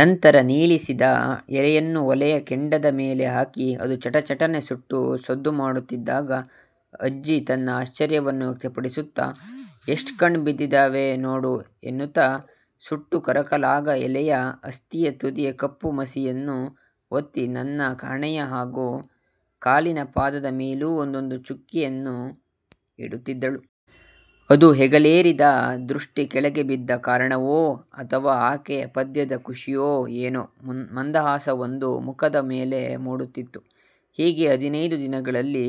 ನಂತರ ನೀಳಿಸಿದ ಎಲೆಯನ್ನು ಒಲೆಯ ಕೆಂಡದ ಮೇಲೆ ಹಾಕಿ ಅದು ಚಟ ಚಟನೆ ಸುಟ್ಟು ಸದ್ದುಮಾಡುತಿದ್ದಾಗ ಅಜ್ಜಿ ತನ್ನ ಆಶ್ಚರ್ಯವನ್ನು ವ್ಯಕ್ತಪಡಿಸುತ್ತಾ 'ಎಷ್ಟ್ ಕಣ್ಣ್ ಬಿದ್ದಿದಾವೆ ನೋಡು' ಎನ್ನುತ ಸುಟ್ಟು ಕರಕಲಾಗ ಎಲೆಯ ಅಸ್ತಿಯ ತುದಿಯ ಕಪ್ಪು ಮಸಿಯನ್ನು ಒತ್ತಿ ನನ್ನ ಹಣೆಯ ಹಾಗು ಕಾಲಿನ ಪಾದದ ಮೇಲೂ ಒಂದೊಂದು ಚುಕ್ಕೆಯನ್ನು ಹಿಡುತಿದ್ದಳು. ಅದು ಹೆಗಲೇರಿದ ದೃಷ್ಟಿ ಕೆಳಗೆ ಬಿದ್ದ ಕಾರಣವೋ ಅಥವಾ ಆಕೆಯ ಪದ್ಯದ ಖುಷಿಯೋ ಏನೋ ಮಂದಹಾಸವೊಂದು ಮುಖದ ಮೇಲೆ ಮೂಡುತಿತ್ತು. ಹೀಗೆ ಹದಿನೈದು ದಿನಗಳಲ್ಲಿ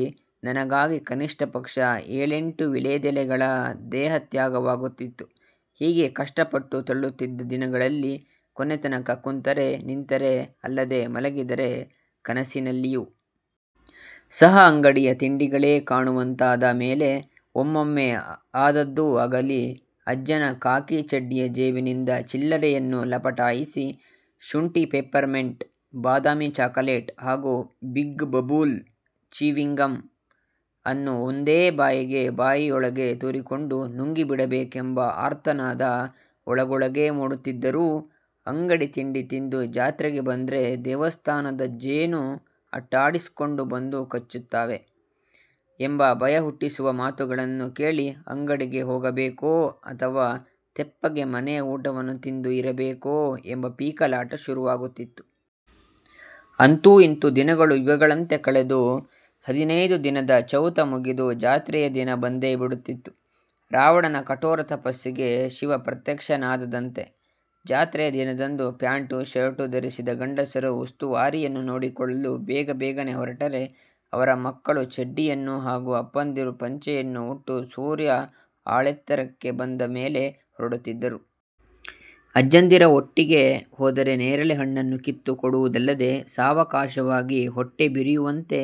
ನನಗಾಗಿ ಕನಿಷ್ಠಪಕ್ಷ ಏಳೆಂಟು ವೀಳೇದೆಲೆಗಳ ದೇಹತ್ಯಾಗವಾಗುತಿತ್ತು. ಹೀಗೆ ಕಷ್ಟಪಟ್ಟು ತಳ್ಳುತ್ತಿದ್ದ ದಿನಗಳಲ್ಲಿ ಕೊನೆಕೊನೆಗೆ ಕುಂತರೆ, ನಿಂತರೆ, ಅಲ್ಲದೆ ಮಲಗಿದರೆ ಕನಸ್ಸಿನಲ್ಲಿಯೂ ಸಹ ಅಂಗಡಿಯ ತಿಂಡಿಗಳೇ ಕಾಣುವಂತಾದ ಮೇಲೆ ಒಮ್ಮೊಮ್ಮೆ ಆದದ್ದು ಆಗಲಿ ಅಜ್ಜನ ಖಾಕಿ ಚಡ್ಡಿಯ ಜೇಬಿನಿಂದ ಚಿಲ್ಲರೆಯನ್ನು ಲಪಟಾಯಿಸಿ ಶುಂಠಿ ಪಾಪೆರ್ಮೆನ್ಟ್, ಬಾದಾಮಿ ಚಾಕಲೇಟು ಹಾಗು ಬಿಗ್ ಬಬೂಲ್ ಚೀವಿಂಗ್ ಗಮ್ ಅನ್ನು ಒಂದೇ ಬಾರಿಗೆ ಬಾಯಿಯೊಳಗೆ ತೂರಿಕೊಂಡು ನುಂಗಿಬಿಡಬೇಕೆಂಬ ಆರ್ತನಾದ ಒಳಗೊಳಗೇ ಮೂಡುತಿದ್ದರೂ 'ಅಂಗಡಿ ತಿಂಡಿ ತಿಂದು ಜಾತ್ರೆಗೆ ಬಂದ್ರೆ ದೇವಸ್ಥಾನದ ಜೇನು ಅಟ್ಟಾಡಿಸ್ಕೊಂಡು ಬಂದು ಕಚ್ಚುತ್ತವೆ' ಎಂಬ ಭಯಹುಟ್ಟಿಸುವ ಮಾತುಗಳನ್ನು ಕೇಳಿ ಅಂಗಡಿಗೆ ಹೋಗಬೇಕೋ ಅಥವಾ ತೆಪ್ಪಗೆ ಮನೆಯ ಊಟವನ್ನು ತಿಂದು ಇರಬೇಕೋ ಎಂಬ ಪೀಕಲಾಟ ಶುರುವಾಗುತ್ತಿತ್ತು. ಅಂತೂ ಇಂತೂ ದಿನಗಳು ಯುಗಗಳಂತೆ ಕಳೆದು ಹದಿನೈದು ದಿನದ ಚೌತ ಮುಗಿದು ಜಾತ್ರೆಯ ದಿನ ಬಂದೇ ಬಿಡುತಿತ್ತು. ರಾವಣನ ಕಠೋರ ತಪಸ್ಸಿಗೆ ಶಿವ ಪ್ರತ್ಯಕ್ಷನಾದದಂತೆ. ಜಾತ್ರೆಯ ದಿನದಂದು ಪ್ಯಾಂಟು ಶರ್ಟು ಧರಿಸಿದ ಗಂಡಸರು ಉಸ್ತುವಾರಿಯನ್ನು ನೋಡಿಕೊಳ್ಳಲು ಬೇಗ ಬೇಗನೆ ಹೊರಟರೆ ಅವರ ಮಕ್ಕಳು ಚಡ್ಡಿಯನ್ನು ಹಾಗು ಅಪ್ಪಂದಿರು ಪಂಚೆಯನ್ನು ಉಟ್ಟು ಸೂರ್ಯ ಆಳೆತ್ತರಕ್ಕೆ ಬಂದ ಮೇಲೆ ಹೊರಡುತ್ತಿದ್ದರು. ಅಜ್ಜಂದಿರ ಒಟ್ಟಿಗೆ ಹೋದರೆ ನೇರಳೆ ಹಣ್ಣನ್ನು ಕಿತ್ತು ಕೊಡುವುದಲ್ಲದೆ ಸಾವಕಾಶವಾಗಿ ಹೊಟ್ಟೆ ಬಿರಿಯುವಂತೆ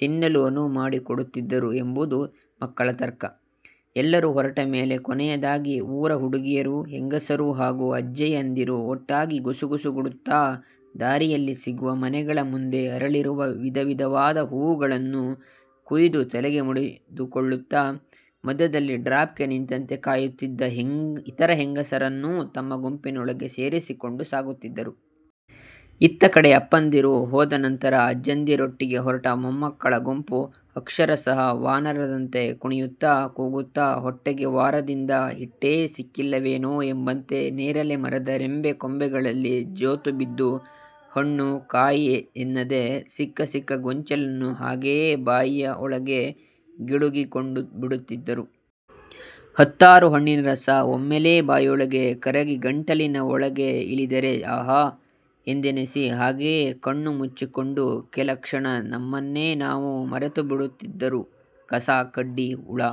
ತಿನ್ನಲು ಅನುವು ಮಾಡಿಕೊಡುತಿದ್ದರು ಎಂಬುದು ಮಕ್ಕಳ ತರ್ಕ. ಎಲ್ಲರು ಹೊರಟ ಮೇಲೆ ಕೊನೆಯದಾಗಿ ಊರ ಹುಡುಗಿಯರು, ಹೆಂಗಸರು ಹಾಗು ಅಜ್ಜಿಯಂದಿರು ಒಟ್ಟಾಗಿ ಗುಸು ಗುಸು ಗುಡುತ್ತಾ ದಾರಿಯಲ್ಲಿ ಸಿಗುವ ಮನೆಗಳ ಮುಂದೆ ಅರಳಿರುವ ವಿಧ ವಿಧವಾದ ಹೂವುಗಳನ್ನು ಕೂಯ್ದು ತಲೆಗೆ ಮುಡಿದುಕೊಳ್ಳುತ್ತಾ, ಮದ್ಯದಲ್ಲಿ ಡ್ರಾಪ್ ಗೆ ನಿಂತಂತೆ ಕಾಯುತ್ತಿದ್ದ ಇತರ ಹೆಂಗಸರನ್ನೂ ತಮ್ಮ ಗುಂಪಿನೊಳಗೆ ಸೇರಿಸಿಕೊಂಡು ಸಾಗುತಿದ್ದರು. ಇತ್ತ ಕಡೆ ಅಪ್ಪಂದಿರು ಹೋದ ನಂತರ ಅಜ್ಜಂದಿರೊಟ್ಟಿಗೆ ಹೊರಟ ಮೊಮ್ಮಕಳ ಗುಂಪು ಅಕ್ಷರ ಸಹ ವಾನರರಂತೆ ಕುಣಿಯುತ್ತಾ, ಕೂಗುತ್ತ, ಹೊಟ್ಟೆಗೆ ವಾರದಿಂದ ಹಿಟ್ಟೇ ಸಿಕ್ಕಿಲ್ಲವೇನೋ ಎಂಬಂತೆ ನೆರೆಲೆ ಮರದ ರೆಂಬೆ ಕೊಂಬೆ ಗಳಲ್ಲಿ ಜೋತುಬಿದ್ದು ಹಣ್ಣು, ಕಾಯಿ ಎನ್ನದೆ ಸಿಕ್ಕ ಸಿಕ್ಕ ಗೊಂಚಲನ್ನು ಹಾಗೆಯೆ ಬಾಯಿಯ ಒಳಗೆ ಗಿಡುಗಿಕೊಂಡುಬಿಡುತ್ತಿದ್ದರು. ಹತ್ತಾರು ಹಣ್ಣಿನ ರಸ ಒಮ್ಮೆಲೇ ಬಾಯೊಳಗೆ ಕರಗಿ ಗಂಟಲಿನ ಒಳಗೆ ಇಳಿದರೆ ಆಹಾ! ಎಂದನಿಸಿ ಹಾಗೆಯೆ ಕಣ್ಣು ಮುಚ್ಚಿಕೊಂಡು ಕೆಲ ಕ್ಷಣ ನಮ್ಮನ್ನೇ ನಾವು ಮರೆತುಬಿಡುತ್ತಿದ್ದರು.'ಕಸ-ಕಡ್ಡಿ, ಉಳ